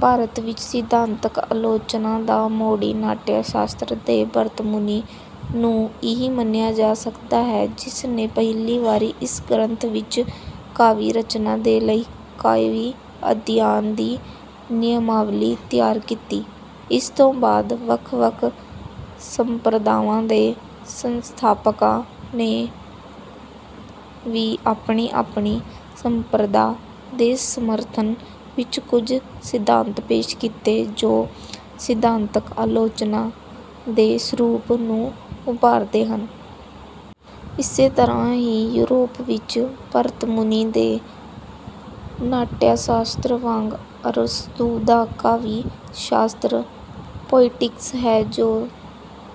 ਭਾਰਤ ਵਿੱਚ ਸਿਧਾਂਤਕ ਆਲੋਚਨਾ ਦਾ ਮੋਢੀ ਨਾਟਯ-ਸ਼ਾਸਤਰ ਦੇ ਭਰਤਮੁਨੀ ਨੂੰ ਹੀ ਮੰਨਿਆ ਜਾ ਸਕਦਾ ਹੈ, ਜਿਸ ਨੇ ਪਹਿਲੀ ਵਾਰੀ ਇਸ ਗ੍ਰੰਥ ਵਿੱਚ ਕਾਵਿ ਰਚਨਾ ਦੇ ਲਈ ਕਾਵਿ-ਅਧਿਐਨ ਦੀ ਨਿਯਮਾਵਲੀ ਤਿਆਰ ਕੀਤੀ। ਇਸ ਤੋਂ ਬਾਅਦ ਵੱਖ-ਵੱਖ ਸੰਪ੍ਰਦਾਵਾਂ ਦੇ ਸਥਾਪਕਾਂ ਨੇ ਵੀ ਆਪਣੀ-ਆਪਣੀ ਸੰਪ੍ਰਦਾ ਦੇ ਸਮਰਥਨ ਵਿੱਚ ਕੁੱਝ ਸਿਧਾਂਤ ਪੇਸ਼ ਕੀਤੇ ਜੋ ਸਿਧਾਂਤਕ ਆਲੋਚਨਾ ਦੇ ਸਰੂਪ ਨੂੰ ਉਭਾਰਦੇ ਹਨ। ਇਸੇ ਤਰ੍ਹਾਂ ਹੀ, ਯੂਰੋਪ ਵਿੱਚ ਭਰਤਮੁਨੀ ਦੇ ਨਾਟਯ-ਸ਼ਾਸਤਰ ਵਾਂਗ ਅਰਸਤੂ ਦਾ ਕਾਵਿ-ਸ਼ਾਸਤਰ 'ਪੋਇਟਿਕਸ' ਹੈ ਜੋ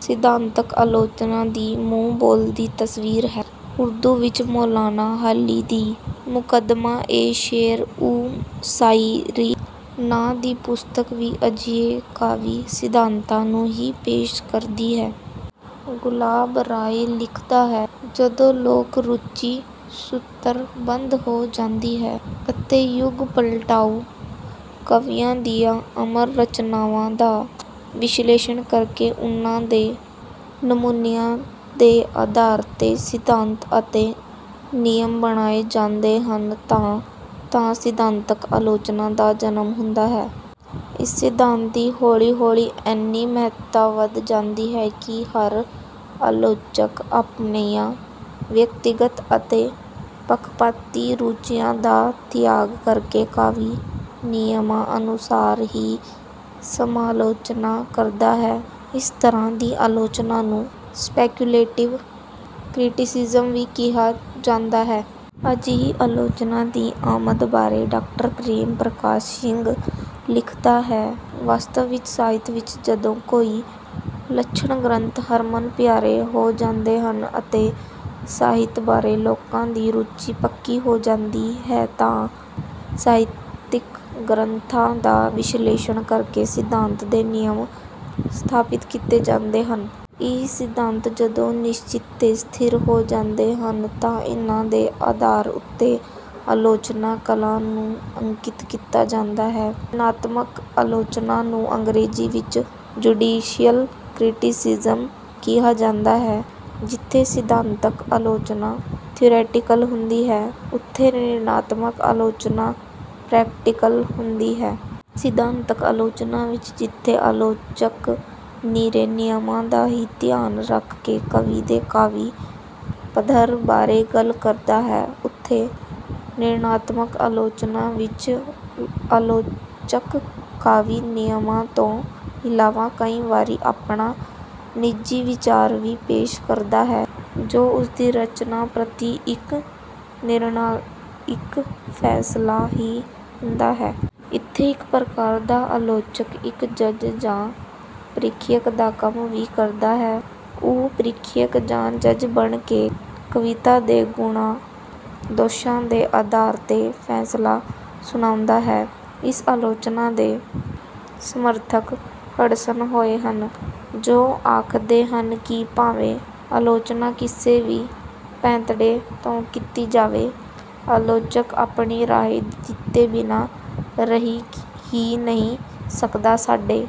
ਸਿਧਾਂਤਕ ਆਲੋਚਨਾ ਦੀ ਮੂੰਹ-ਬੋਲਦੀ ਤਸਵੀਰ ਹੈ। ਉਰਦੂ ਵਿੱਚ ਮੌਲਾਨਾ ਹਾਲੀ ਦੀ 'ਮੁਕੱਦਮਾ-ਏ-ਸ਼ੇਅਰ-ਓ-ਸ਼ਾਇਰੀ' ਨਾਂ ਦੀ ਪੁਸਤਕ ਵੀ ਅਜਿਹੇ ਕਾਵਿ ਸਿਧਾਂਤਾਂ ਨੂੰ ਹੀ ਪੇਸ਼ ਕਰਦੀ ਹੈ। ਗੁਲਾਬ ਰਾਏ ਲਿਖਦਾ ਹੈ, "ਜਦੋਂ ਲੋਕ ਰੁਚੀ ਸੂਤਰਬੱਧ ਹੋ ਜਾਂਦੀ ਹੈ ਅਤੇ ਯੁੱਗ-ਪਲਟਾਊ ਕਵੀਆਂ ਦੀਆਂ ਅਮਰ ਰਚਨਾਵਾਂ ਦਾ ਵਿਸ਼ਲੇਸ਼ਣ ਕਰਕੇ ਉਹਨਾਂ ਦੇ ਨਮੂਨਿਆਂ ਦੇ ਆਧਾਰ ਤੇ ਸਿਧਾਂਤ ਅਤੇ ਨਿਯਮ ਬਣਾਏ ਜਾਂਦੇ ਹਨ ਤਾਂ ਸਿਧਾਂਤਕ ਆਲੋਚਨਾ ਦਾ ਜਨਮ ਹੁੰਦਾ ਹੈ।" ਇਸ ਸਿਧਾਂਤ ਦੀ ਹੌਲੀ-ਹੌਲੀ ਐਨੀ ਮਹੱਤਤਾ ਵੱਧ ਜਾਂਦੀ ਹੈ ਕਿ ਹਰ ਆਲੋਚਕ ਆਪਣੀਆਂ ਵਿਅਕਤੀਗਤ ਅਤੇ ਪੱਖਪਾਤੀ ਰੁਚੀਆਂ ਦਾ ਤਿਆਗ ਕਰਕੇ ਕਾਵਿ ਨਿਯਮਾਂ ਅਨੁਸਾਰ ਹੀ ਸਮਾਲੋਚਨਾ ਕਰਦਾ ਹੈ। ਇਸ ਤਰ੍ਹਾਂ ਦੀ ਆਲੋਚਨਾ ਨੂੰ 'ਸਪੈਕੂਲੇਟਿਵ ਕਰਿਟਿਸਿਜ਼ਮ' ਵੀ ਕਿਹਾ ਜਾਂਦਾ ਹੈ। ਅਜਿਹੀ ਆਲੋਚਨਾ ਦੀ ਆਮਦ ਬਾਰੇ ਡਾਕਟਰ ਪ੍ਰੇਮ ਪ੍ਰਕਾਸ਼ ਸਿੰਘ ਲਿਖਦਾ ਹੈ- "ਵਾਸਤਵ ਵਿੱਚ ਸਾਹਿਤ ਵਿੱਚ ਜਦੋਂ ਕੋਈ ਲੱਛਣ ਗ੍ਰੰਥ ਹਰਮਨ-ਪਿਆਰੇ ਹੋ ਜਾਂਦੇ ਹਨ ਅਤੇ ਸਾਹਿਤ ਬਾਰੇ ਲੋਕਾਂ ਦੀ ਰੁਚੀ ਪੱਕੀ ਹੋ ਜਾਂਦੀ ਹੈ ਤਾਂ ਸਾਹਿਤਿਕ ਗ੍ਰੰਥਾਂ ਦਾ ਵਿਸ਼ਲੇਸ਼ਣ ਕਰਕੇ ਸਿਧਾਂਤ ਦੇ ਨਿਯਮ ਸਥਾਪਿਤ ਕੀਤੇ ਜਾਂਦੇ ਹਨ। ਇਹ ਸਿਧਾਂਤ ਜਦੋਂ ਨਿਸ਼ਚਿਤ ਤੇ ਸਥਿਰ ਹੋ ਜਾਂਦੇ ਹਨ ਤਾਂ ਇਨ੍ਹਾਂ ਦੇ ਆਧਾਰ ਉੱਤੇ ਆਲੋਚਨਾ ਕਲਾ ਨੂੰ ਅੰਕਿਤ ਕੀਤਾ ਜਾਂਦਾ ਹੈ।" ਨਿਰਣਾਤਮਕ ਆਲੋਚਨਾ ਨੂੰ ਅੰਗਰੇਜ਼ੀ ਵਿੱਚ 'ਜੁਡੀਸ਼ੀਅਲ ਕਰਿਟਿਸਿਜ਼ਮ' ਕਿਹਾ ਜਾਂਦਾ ਹੈ। ਜਿੱਥੇ ਸਿਧਾਂਤਕ ਆਲੋਚਨਾ 'ਥਿਊਰੈਟੀਕਲ' ਹੁੰਦੀ ਹੈ, ਉੱਥੇ ਨਿਰਣਾਤਮਕ ਆਲੋਚਨਾ 'ਪ੍ਰੈਕਟੀਕਲ' ਹੁੰਦੀ ਹੈ। ਸਿਧਾਂਤਕ ਆਲੋਚਨਾ ਵਿੱਚ ਜਿੱਥੇ ਆਲੋਚਕ ਨਿਰੇ ਨਿਯਮਾਂ ਦਾ ਹੀ ਧਿਆਨ ਰੱਖ ਕੇ ਕਵੀ ਦੇ ਕਾਵਿ ਪੱਧਰ ਬਾਰੇ ਗੱਲ ਕਰਦਾ ਹੈ, ਉੱਥੇ ਨਿਰਣਾਤਮਕ ਆਲੋਚਨਾ ਵਿੱਚ ਆਲੋਚਕ ਕਾਵਿ ਨਿਯਮਾਂ ਤੋਂ ਇਲਾਵਾ ਕਈ ਵਾਰੀ ਆਪਣਾ ਨਿੱਜੀ ਵਿਚਾਰ ਵੀ ਪੇਸ਼ ਕਰਦਾ ਹੈ, ਜੋ ਉਸਦੀ ਰਚਨਾ ਪ੍ਰਤੀ ਇੱਕ ਨਿਰਣਾਇਕ ਫੈਸਲਾ ਹੀ ਹੁੰਦਾ ਹੈ। ਇੱਥੇ ਇੱਕ ਪ੍ਰਕਾਰ ਦਾ ਆਲੋਚਕ ਇੱਕ ਜੱਜ ਜਾਂ ਪ੍ਰੀਖਿਅਕ ਦਾ ਕੰਮ ਵੀ ਕਰਦਾ ਹੈ। ਉਹ ਪ੍ਰੀਖਿਅਕ ਜਾਂ ਜੱਜ ਬਣ ਕੇ ਕਵਿਤਾ ਦੇ ਗੁਣਾਂ-ਦੋਸ਼ਾਂ ਦੇ ਆਧਾਰ 'ਤੇ ਫੈਸਲਾ ਸੁਣਾਉਂਦਾ ਹੈ। ਇਸ ਆਲੋਚਨਾ ਦੇ ਸਮਰਥਕ ਹਡਸਨ ਹੋਏ ਹਨ, ਜੋ ਆਖਦੇ ਹਨ ਕਿ ਭਾਵੇਂ ਆਲੋਚਨਾ ਕਿਸੇ ਵੀ ਪੈਂਤੜੇ ਤੋਂ ਕੀਤੀ ਜਾਵੇ, ਆਲੋਚਕ ਆਪਣੀ ਰਾਏ ਦਿੱਤੇ ਬਿਨਾਂ ਰਹਿ ਹੀ ਨਹੀਂ ਸਕਦਾ। ਸਾਡੇ